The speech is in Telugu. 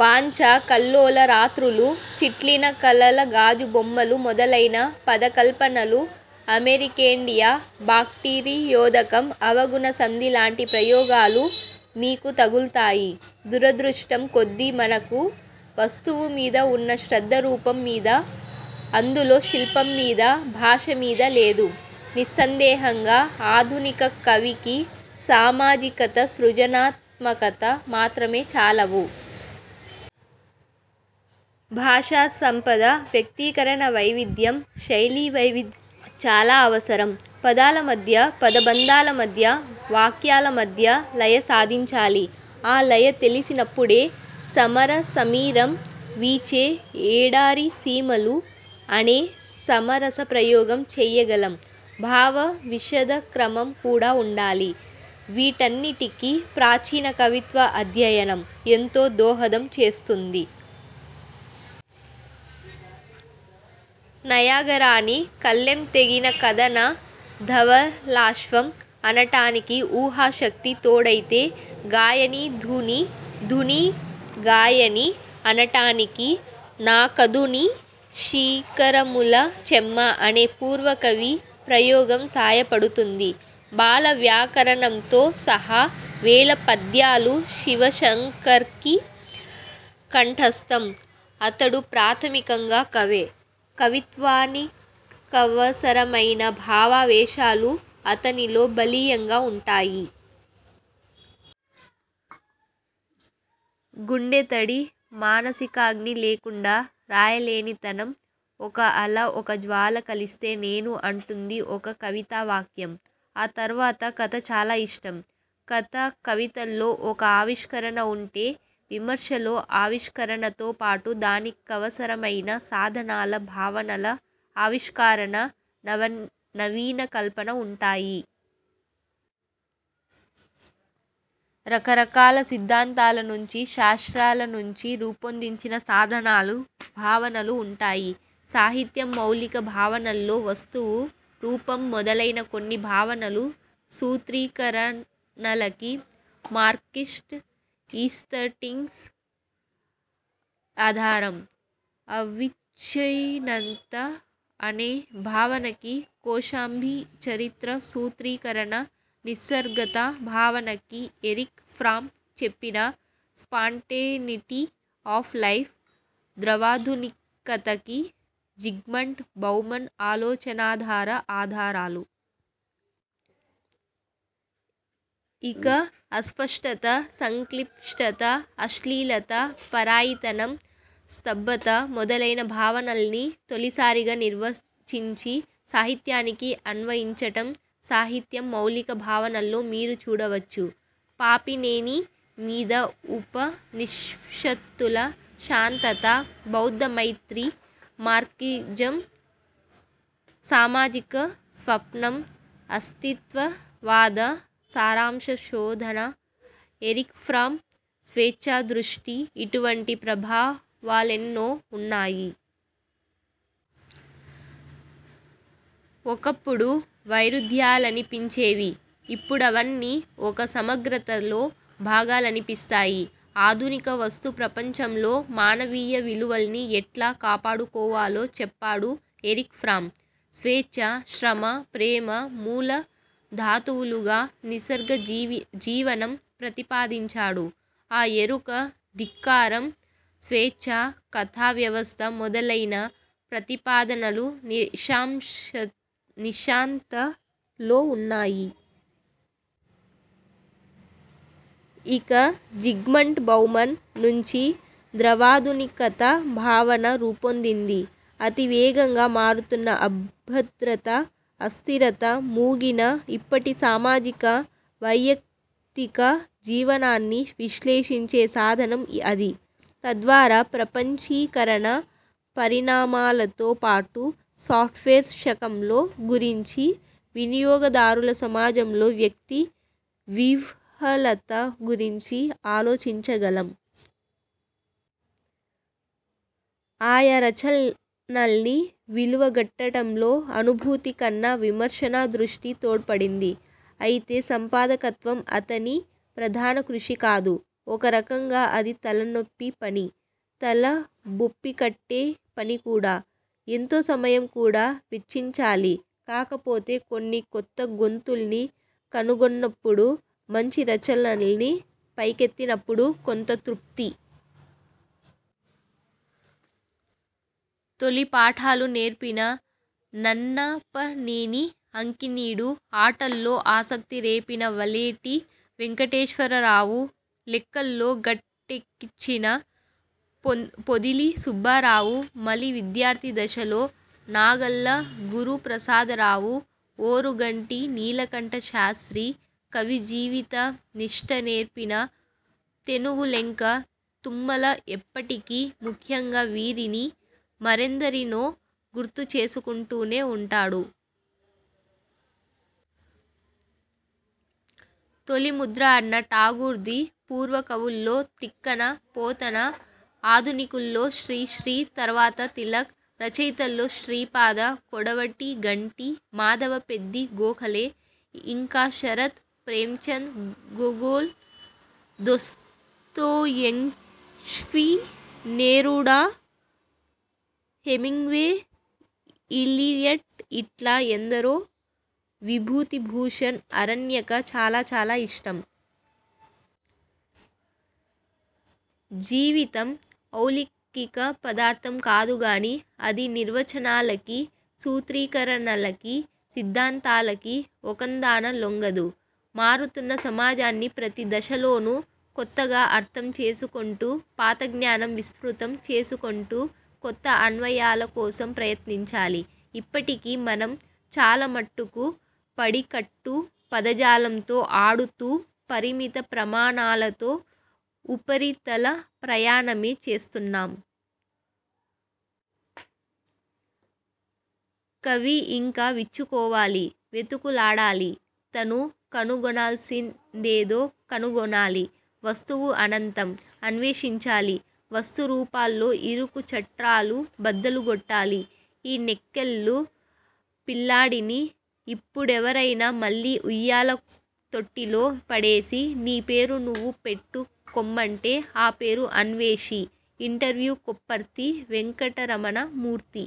వాంఛా కల్లోల రాత్రులు, చిట్లిన కలల గాజు బొమ్మలు మొదలైన పదకల్పనలు అమెరికేండియా, బాక్టీరియోదకం, అవగుణ సంధి లాంటి ప్రయోగాలు మీకు తగుల్తాయి. దురదృష్టం కొద్దీ మనకు వస్తువు మీద ఉన్న శ్రద్ధ రూపం మీద, అందులో శిల్పం మీద, భాషమీద లేదు. నిస్సందేహంగా. ఆధునిక కవికి సామాజికత, సృజనా త్మకత మాత్రమే చాలవు. భాషా సంపద, వ్యక్తీకరణ వైవిధ్యం, శైలీ వైవిధ్యం చాలా అవసరం. పదాల మధ్య, పద బంధాల మధ్య, వాక్యాల మధ్య లయ సాధించాలి. ఆ లయ తెలిసినప్పుడే 'సమరసమీరం వీచే ఎడారిసీమలు' అనే సమరస ప్రయోగం చెయ్యగలం. భావ విశద క్రమం కూడా ఉండాలి. వీటన్నిటికి ప్రాచీన కవిత్వ అధ్యయనం ఎంతో దోహదం చేస్తుంది. నయాగరాని 'కళ్లెం తెగిన కదన ధవళాశ్వం' అనటానికి ఊహాశక్తి తోడైతే 'గాయనీ ధుని, ధునీ గాయని' అనటానికి 'నాకధునీ శీకరముల చెమ్మ' అనే పూర్వకవి ప్రయోగం సాయపడుతుంది. బాల వ్యాకరణంతో సహా వేల పద్యాలు శివశంకర్కి కంఠస్థం. అతడు ప్రాథమికంగా కవే. కవిత్వానికవసరమైన భావావేశాలు అతనిలో బలీయంగా ఉంటాయి. గుండె తడి, మానసికాగ్ని లేకుండా రాయలేనితనం. 'ఒక అల, ఒక జ్వాల కలిస్తే నేను' అంటుంది ఒక కవితావాక్యం. ఆ తర్వాత కథ చాలా ఇష్టం. కథ, కవితల్లో ఒక ఆవిష్కరణ ఉంటే విమర్శలో ఆవిష్కరణతో పాటు దాని కవసరమైన సాధనాల, భావనల ఆవిష్కరణ, నవీనకల్పన ఉంటాయి. రకరకాల సిద్ధాంతాల నుంచి, శాస్త్రాల నుంచి రూపొందించిన సాధనాలు, భావనలు ఉంటాయి. 'సాహిత్యం మౌలిక భావనల్లో వస్తువు, రూపం మొదలైన కొన్ని భావనలు, సూత్రీకరణలకి మార్క్సిస్ట్ ఈస్తటిక్స్ అధారం. అవిచ్ఛిన్నత అనే భావనకి కొశాంబి చరిత్ర సూత్రీకరణ, నిసర్గతా భావనకి ఎరిక్ ఫ్రామ్ చెప్పిన స్పాంటేనిటీ ఆఫ్ లైఫ్, ద్రవాధునికతకి జిగ్మంట్ బౌమన్ ఆలోచనాధార ఆధారాలు. ఇక అస్పష్టత, సంక్లిష్టత, అశ్లీలత, పరాయితనం, స్తబ్ధత మొదలైన భావనల్ని తొలిసారిగా నిర్వచించి, సాహిత్యానికి అన్వయించటం 'సాహిత్యం మౌలిక భావనల్లో మీరు చూడవచ్చు. పాపినేని మీద ఉప నిషత్తుల శాంతత, బౌద్ధ మైత్రి, మార్క్సిజం సామాజిక స్వప్నం, అస్తిత్వవాద సారాంశ శోధన, ఎరిక్ఫ్రామ్ స్వేచ్ఛాదృష్టి ఇటువంటి ప్రభావాలెన్నో ఉన్నాయి. ఒకప్పుడు వైరుధ్యాలనిపించేవి. ఇప్పుడవన్నీ ఒక సమగ్రతలో భాగాలనిపిస్తాయి. ఆధునిక వస్తు ప్రపంచంలో మానవీయ విలువల్ని ఎట్లా కాపాడుకోవాలో, చెప్పాడు ఎరిక్ ఫ్రామ్. స్వేచ్ఛ, శ్రమ, ప్రేమ మూల ధాతువులుగా నిసర్గ జీవనం ప్రతిపాదించాడు. ఆ ఎరుక, ధిక్కారం, స్వేచ్ఛా కథావ్యవస్థ మొదలైన ప్రతిపాదనలు 'నిశాంత'లో ఉన్నాయి. ఇక జిగ్మంట్ బౌమన్ నుంచి ద్రవాధునికత భావన రూపొందింది. అతి వేగంగా మారుతున్న అభద్రత, అస్థిరత మూగిన ఇప్పటి సామాజిక వైయక్తిక జీవనాన్ని విశ్లేషించే సాధనం అది. తద్వారా ప్రపంచీ కరణ పరిణామాలతో పాటు సాఫ్ట్వేర్ శకంలో గురించి, వినియోగదారుల సమాజంలో వ్యక్తి విహ్వలత గురించి ఆలోచించగలం. ఆయా రచనల్ని విలువ గట్టటంలో అనుభూతి కన్న విమర్శనా దృష్టి తోడ్పడింది. అయితే సంపాదకత్వం అతని ప్రధాన కృషి కాదు. ఒక రకంగా అది తలనెప్పి పని. తల బొప్పికట్టే పని కూడా. ఎంతో సమయం కూడా వెచ్చించాలి. కాకపోతే కొన్ని కొత్తగొంతుల్ని కనుగొన్నప్పుడు, మంచి రచనల్ని పైకెత్తినప్పుడు కొంత తృప్తి. తొలి పాఠాలు నేర్పిన నన్నపనేని అంకినీడు, ఆటల్లో ఆసక్తి రేపిన వలేటి వెంకటేశ్వర రావు, లెక్కల్లో గట్టెక్కించిన పొదిలి సుబ్బారావు, మలి విద్యార్థి దశలో నాగళ్ల గురు ప్రసాదరావు, ఓరుగంటి నీలకంఠ శాస్త్రీ, కవి జీవిత నిష్ఠ నేర్పిన తెనుగులెంక తుమ్మల ఎప్పటికీ ముఖ్యంగా వీరిని, మరెందరినో గుర్తు చేసుకుంటూనే ఉంటాడు. తొలి ముద్ర అన్న టాగూర్ది పూర్వకవుల్లో తిక్కన, పోతన, ఆధునికుల్లో శ్రీశ్రీ తర్వాత తిలక్. రచయితల్లో శ్రీపాద, కొడవటి గంటి, మాధవ పెద్ది గోఖలే. ఇంకా Sarat, Premchand, Gogol, Dostoevsky, Neruda, Hemingway, Eliot ఇట్లా ఎందరో. విభూతి భూషణ్ 'అరణ్యక' చాలా చాలా ఇష్టం. జీవితం అలౌకిక పదార్థం కాదుగాని, అది నిర్వచనాలకి, సూత్రీకరణలకి, సిద్ధాంతాలకి ఒకందాన లొంగదు. మారుతున్న సమాజాన్ని ప్రతి దశలోను కొత్తగా అర్థం చేసుకొంటూ పాత జ్ఞానం విస్తృతం చేసుకొంటూ కొత్త అన్వయాల కోసం ప్రయత్నించాలి. ఇప్పటికీ మనం చాలమట్టుకు పడికట్టు పదజాలంతో ఆడుతూ పరిమిత ప్రమాణాలతో ఉపరితల ప్రయాణమే చేస్తున్నాం. కవి ఇంకా విచ్చుకోవాలి, వెతుకులాడాలి, తను కనుగొనాల్సిం దేదో కనుగొనాలి. వస్తువు అనంతం. అన్వేషించాలి. వస్తు రూపాల్లో ఇరుకు చట్రాలు బద్దలు గొట్టాలి. ఈ నెక్కల్లు పిల్లాడిని ఇప్పుడెవరైనా మళ్లీ ఉయ్యాల తొట్టిలో పడేసి, నీ పేరు నువ్వు పెట్టు కొమ్మంటే ఆ పేరు 'అన్వేషి'. ఇంటర్వ్యూ కొప్పర్తి వెంకటరమణ మూర్తి